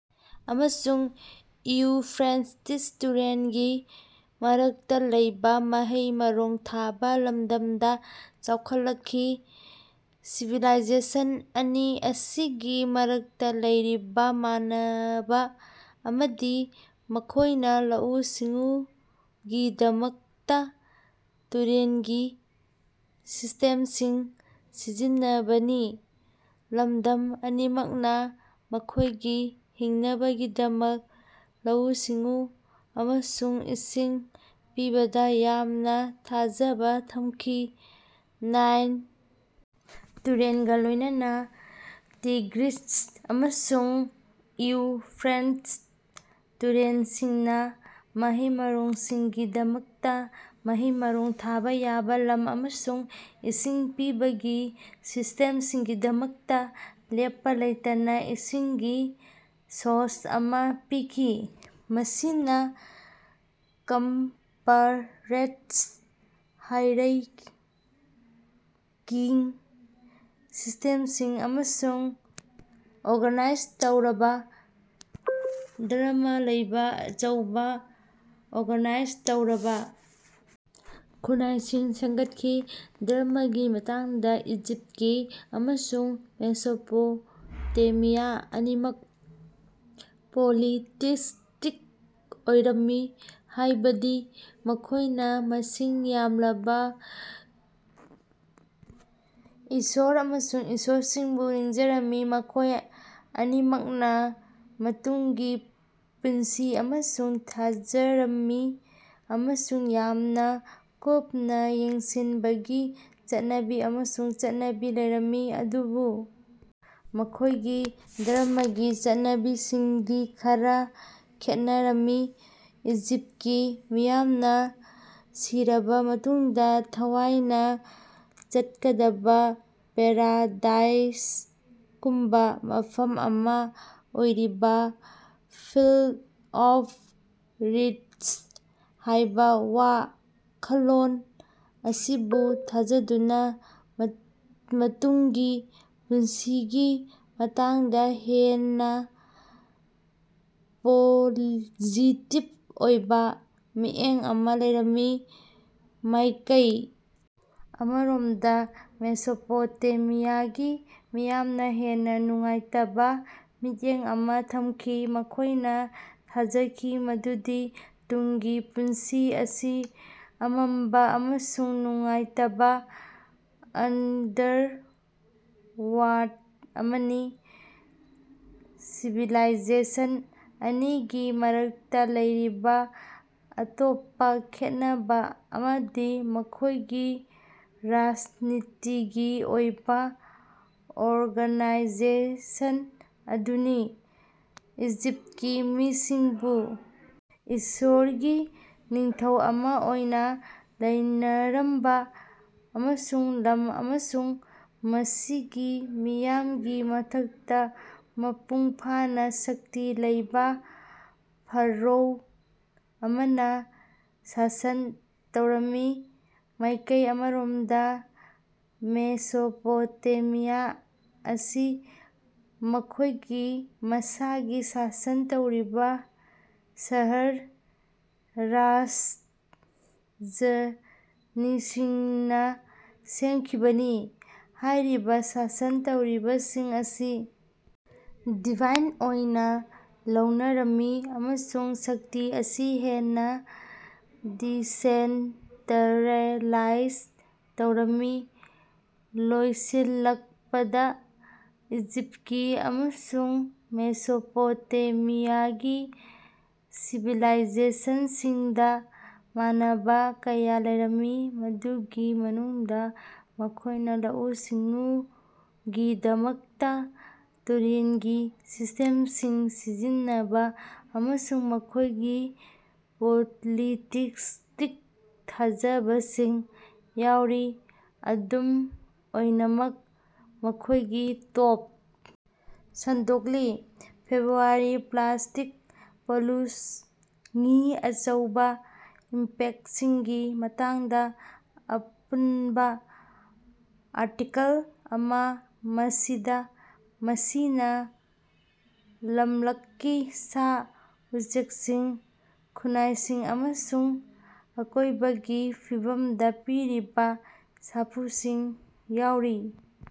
ꯑꯃꯁꯨꯡ ꯏꯎꯐ꯭ꯔꯦꯇꯤꯁ ꯇꯨꯔꯦꯜꯒꯤ ꯃꯔꯛꯇꯥ ꯂꯩꯕ ꯃꯍꯩ-ꯃꯔꯣꯡ ꯊꯥꯕ ꯂꯝꯗꯝꯗ ꯆꯥꯎꯈꯠꯂꯛꯈꯤ꯫ ꯁꯤꯚꯤꯂꯥꯏꯖꯦꯁꯟ ꯑꯅꯤ ꯑꯁꯤꯒꯤ ꯃꯔꯛꯇ ꯂꯩꯔꯤꯕ ꯃꯥꯟꯅꯕꯥ ꯑꯃꯗꯤ ꯃꯈꯣꯏꯅꯥ ꯂꯧꯎ-ꯁꯤꯡꯎꯒꯤꯗꯃꯛꯇ ꯇꯨꯔꯦꯜꯒꯤ ꯁꯤꯁ꯭ꯇꯦꯝꯁꯤꯡ ꯁꯤꯖꯤꯟꯅꯕꯅꯤ꯫ ꯂꯝꯗꯝ ꯑꯅꯤꯃꯛꯅ ꯃꯈꯣꯏꯒꯤ ꯍꯤꯡꯅꯕꯒꯤꯗꯃꯛ ꯂꯧꯎ-ꯁꯤꯡꯎ ꯑꯃꯁꯨꯡ ꯏꯁꯤꯡ ꯄꯤꯕꯗꯥ ꯌꯥꯝꯅ ꯊꯥꯖꯕ ꯊꯝꯈꯤ꯫ ꯅꯥꯏꯜ ꯇꯨꯔꯦꯜꯒ ꯂꯣꯏꯅꯅꯥ ꯇꯤꯒ꯭ꯔꯤꯁ ꯑꯃꯁꯨꯡ ꯏꯎꯐ꯭ꯔꯦꯇꯁ ꯇꯨꯔꯦꯜꯁꯤꯡꯅ ꯃꯍꯩ-ꯃꯔꯣꯡꯁꯤꯡꯒꯤꯗꯃꯛꯇꯥ ꯃꯍꯩ-ꯃꯔꯣꯡ ꯊꯥꯕ ꯌꯥꯕ ꯂꯝ ꯑꯃꯁꯨꯡ ꯏꯁꯤꯡ ꯄꯤꯕꯒꯤ ꯁꯤꯁ꯭ꯇꯦꯝꯁꯤꯡꯒꯤꯗꯃꯛꯇ ꯂꯦꯞꯄꯥ ꯂꯩꯇꯅꯥ ꯏꯁꯤꯡꯒꯤ ꯁꯣꯔꯁ ꯑꯃ ꯄꯤꯈꯤ꯫ ꯃꯁꯤꯅ ꯀꯝꯄꯂꯦꯛꯁ ꯍꯥꯏꯔꯩꯀꯤꯛ ꯁꯤꯁ꯭ꯇꯦꯝꯁꯤꯡ ꯑꯃꯁꯨꯡ ꯑꯣꯔꯒꯅꯥꯏꯖ ꯇꯧꯔꯕꯥ ꯙꯔꯝꯃ ꯂꯩꯕ ꯑꯆꯧꯕ, ꯑꯣꯔꯒꯅꯥꯏꯖ ꯇꯧꯔꯕꯥ ꯈꯨꯟꯅꯥꯏꯁꯤꯡ ꯁꯦꯝꯒꯠꯈꯤ꯫ ꯙꯔꯝꯃꯒꯤ ꯃꯇꯥꯡꯗ ꯏꯖꯤꯞꯇꯀꯤ ꯑꯃꯁꯨꯡ ꯃꯦꯁꯣꯄꯣꯇꯦꯃꯤꯌꯥ ꯑꯅꯤꯃꯛ ꯄꯣꯂꯤꯇꯤꯁ꯭ꯇꯤꯛ ꯑꯣꯏꯔꯝꯃꯤ, ꯍꯥꯏꯕꯗꯤ ꯃꯈꯣꯏꯅ ꯃꯁꯤꯡ ꯌꯥꯝꯂꯕꯥ ꯏꯁ꯭ꯕꯔ ꯑꯃꯁꯨꯡ ꯏꯁ꯭ꯕꯔꯁꯤꯡꯕꯨ ꯅꯤꯡꯖꯔꯝꯃꯤ꯫ ꯃꯈꯣꯏ ꯑꯅꯤꯃꯛꯅꯥ ꯃꯇꯨꯡꯒꯤ ꯄꯨꯟꯁꯤ ꯑꯃꯁꯨ ꯊꯥꯖꯔꯝꯃꯤ ꯑꯃꯁꯨꯡ ꯌꯥꯝꯅ ꯀꯨꯞꯅꯥ ꯌꯦꯡꯁꯤꯟꯕꯒꯤ ꯆꯠꯅꯕꯤ ꯑꯃꯁꯨꯡ ꯆꯠꯅꯕꯤ ꯂꯩꯔꯝꯃꯤ꯫ ꯑꯗꯨꯕꯨ ꯃꯈꯣꯏꯒꯤ ꯙꯔꯝꯃꯒꯤ ꯆꯠꯅꯕꯤꯁꯤꯡꯗꯤ ꯈꯔꯥ ꯈꯦꯠꯅꯔꯝꯃꯤ꯫ ꯏꯖꯤꯞꯇꯀꯤ ꯃꯤꯌꯥꯝꯅꯥ ꯁꯤꯔꯕꯥ ꯃꯇꯨꯡꯗꯥ ꯊꯋꯥꯏꯅ ꯆꯠꯀꯗꯕꯥ ꯄꯦꯔꯥꯗꯥꯏꯁꯒꯨꯝꯕꯥ ꯃꯐꯝ ꯑꯃ ꯑꯣꯏꯔꯤꯕ "ꯐꯤꯜꯗ ꯑꯣꯐ ꯔꯤꯗꯁ" ꯍꯥꯏꯕ ꯋꯥ ꯈꯜꯂꯣꯟ ꯑꯁꯤꯕꯨ ꯊꯥꯖꯗꯨꯅꯥ ꯃꯇꯨꯡꯒꯤ ꯄꯨꯟꯁꯤꯒꯤ ꯃꯇꯥꯡꯗ ꯍꯦꯟꯅꯥ ꯄꯣꯖꯤꯇꯤꯕ ꯑꯣꯏꯕ ꯃꯤꯠꯌꯦꯡ ꯑꯃ ꯂꯩꯔꯝꯃꯤ꯫ ꯃꯥꯏꯀꯩ ꯑꯃꯔꯣꯝꯗ ꯃꯦꯁꯣꯄꯣꯇꯦꯃꯤꯌꯥꯒꯤ ꯃꯤꯌꯥꯝꯅ ꯍꯦꯟꯅꯥ ꯅꯨꯡꯉꯥꯏꯇꯕꯥ ꯃꯤꯠꯌꯦꯡ ꯑꯃ ꯊꯝꯈꯤ, ꯃꯈꯣꯏꯅ ꯊꯥꯖꯈꯤ ꯃꯗꯨꯗꯤ ꯃꯇꯨꯡꯒꯤ ꯄꯨꯟꯁꯤ ꯑꯁꯤ ꯑꯃꯝꯕꯥ ꯑꯃꯁꯨꯡ ꯅꯨꯡꯉꯥꯏꯇꯕꯥ ꯑꯟꯗꯔꯋꯔꯜꯗ ꯑꯃꯅꯤ꯫ ꯁꯤꯚꯤꯂꯥꯏꯖꯦꯁꯟ ꯑꯅꯤꯒꯤ ꯃꯔꯛꯇꯥ ꯂꯩꯔꯤꯕꯥ ꯑꯇꯣꯞꯄꯥ ꯈꯦꯟꯅꯕꯥ ꯑꯃꯗꯤ ꯃꯈꯣꯏꯒꯤ ꯔꯥꯖꯅꯤꯇꯤꯒꯤ ꯑꯣꯏꯕ ꯑꯣꯔꯒꯅꯥꯏꯖꯦꯁꯟ ꯑꯗꯨꯅꯤ꯫ ꯏꯖꯤꯞꯇꯀꯤ ꯃꯤꯁꯤꯡꯕꯨ ꯏꯁ꯭ꯕꯔꯒꯤ ꯅꯤꯡꯊꯧ ꯑꯃ ꯑꯣꯏꯅ ꯂꯧꯅꯔꯝꯕ ꯑꯃꯁꯨꯡ ꯂꯝ ꯑꯃꯁꯨꯡ ꯃꯁꯤꯒꯤ ꯃꯤꯌꯥꯝꯒꯤ ꯃꯊꯛꯇ ꯃꯄꯨꯡ ꯐꯥꯅ ꯁꯛꯇꯤ ꯂꯩꯕ ꯐꯔꯧꯟ ꯑꯃꯅ ꯁꯥꯁꯟ ꯇꯧꯔꯝꯃꯤ꯫ ꯃꯥꯏꯀꯩ ꯑꯃꯔꯣꯝꯗꯥ ꯃꯦꯁꯣꯄꯣꯇꯦꯃꯤꯌꯥ ꯑꯁꯤ ꯃꯈꯣꯏꯒꯤ ꯃꯁꯥꯒꯤ ꯁꯥꯁꯟ ꯇꯧꯔꯤꯕ ꯁꯍꯔ-ꯔꯥꯖ꯭ꯌꯁꯤꯡꯅ ꯁꯦꯝꯈꯤꯕꯅꯤ꯫ ꯍꯥꯏꯔꯤꯕꯥ ꯁꯥꯁꯟ ꯇꯧꯔꯤꯕꯁꯤꯡ ꯑꯁꯤ ꯗꯤꯚꯥꯏꯟ ꯑꯣꯏꯅ ꯂꯧꯅꯔꯝꯃꯤ ꯑꯃꯁꯨꯡ ꯁꯛꯇꯤ ꯑꯁꯤ ꯍꯦꯟꯅ ꯗꯤꯁꯦꯟꯇꯔꯦꯂꯥꯏꯖ ꯇꯧꯔꯝꯃꯤ꯫ ꯂꯣꯏꯁꯤꯜꯂꯛꯄꯗꯥ, ꯏꯖꯤꯞꯇꯀꯤ ꯑꯃꯁꯨꯡ ꯃꯦꯁꯣꯄꯣꯇꯦꯃꯤꯌꯥꯒꯤ ꯁꯤꯚꯤꯂꯥꯏꯖꯦꯁꯟꯁꯤꯡꯗꯥ ꯃꯥꯟꯅꯕ ꯀꯌꯥ ꯂꯩꯔꯝꯃꯤ, ꯃꯗꯨꯒꯤ ꯃꯅꯨꯡꯗꯥ ꯃꯈꯣꯏꯅ ꯂꯧꯎ-ꯁꯤꯡꯎꯒꯤꯗꯃꯛꯇꯥ ꯇꯨꯔꯦꯜꯒꯤ ꯁꯤꯁ꯭ꯇꯦꯝꯁꯤꯡ ꯁꯤꯖꯤꯟꯅꯕꯥ ꯑꯃꯁꯨꯡ ꯃꯈꯣꯏꯒꯤ ꯄꯣꯂꯤꯇꯤꯁ꯭ꯇꯤꯛ ꯊꯥꯖꯕꯁꯤꯡ ꯌꯥꯎꯔꯤ꯫ ꯑꯗꯨꯝ ꯑꯣꯏꯅꯃꯛ ꯃꯈꯣꯏꯒꯤ ꯇꯣꯞ ꯁꯟꯗꯣꯛꯂꯤ" (ꯐꯦꯕ꯭ꯔꯨꯋꯥꯔꯤ ꯄ꯭ꯂꯥꯁ꯭ꯇꯤꯛ ꯄꯣꯂꯨꯁꯉꯤ ꯑꯆꯧꯕꯥ ꯏꯝꯄꯦꯛꯇꯁꯤꯡꯒꯤ ꯃꯇꯥꯡꯗꯥ ꯑꯄꯨꯅꯕꯥ ꯑꯥꯔꯇꯤꯀꯜ ꯑꯃꯥ, ꯃꯁꯤꯗꯥ ꯃꯁꯤꯅꯥ ꯂꯃꯂꯛꯀꯤ ꯁꯥ-ꯎꯆꯦꯀꯁꯤꯡ, ꯈꯨꯟꯅꯥꯏꯁꯤꯡ ꯑꯃꯁꯨꯡ ꯑꯀꯣꯌꯕꯒꯤ ꯐꯤꯕꯃꯗꯥ ꯄꯤꯔꯤꯕꯥ ꯁꯥꯐꯨꯁꯤꯡ ꯌꯥꯑꯣꯔꯤ꯫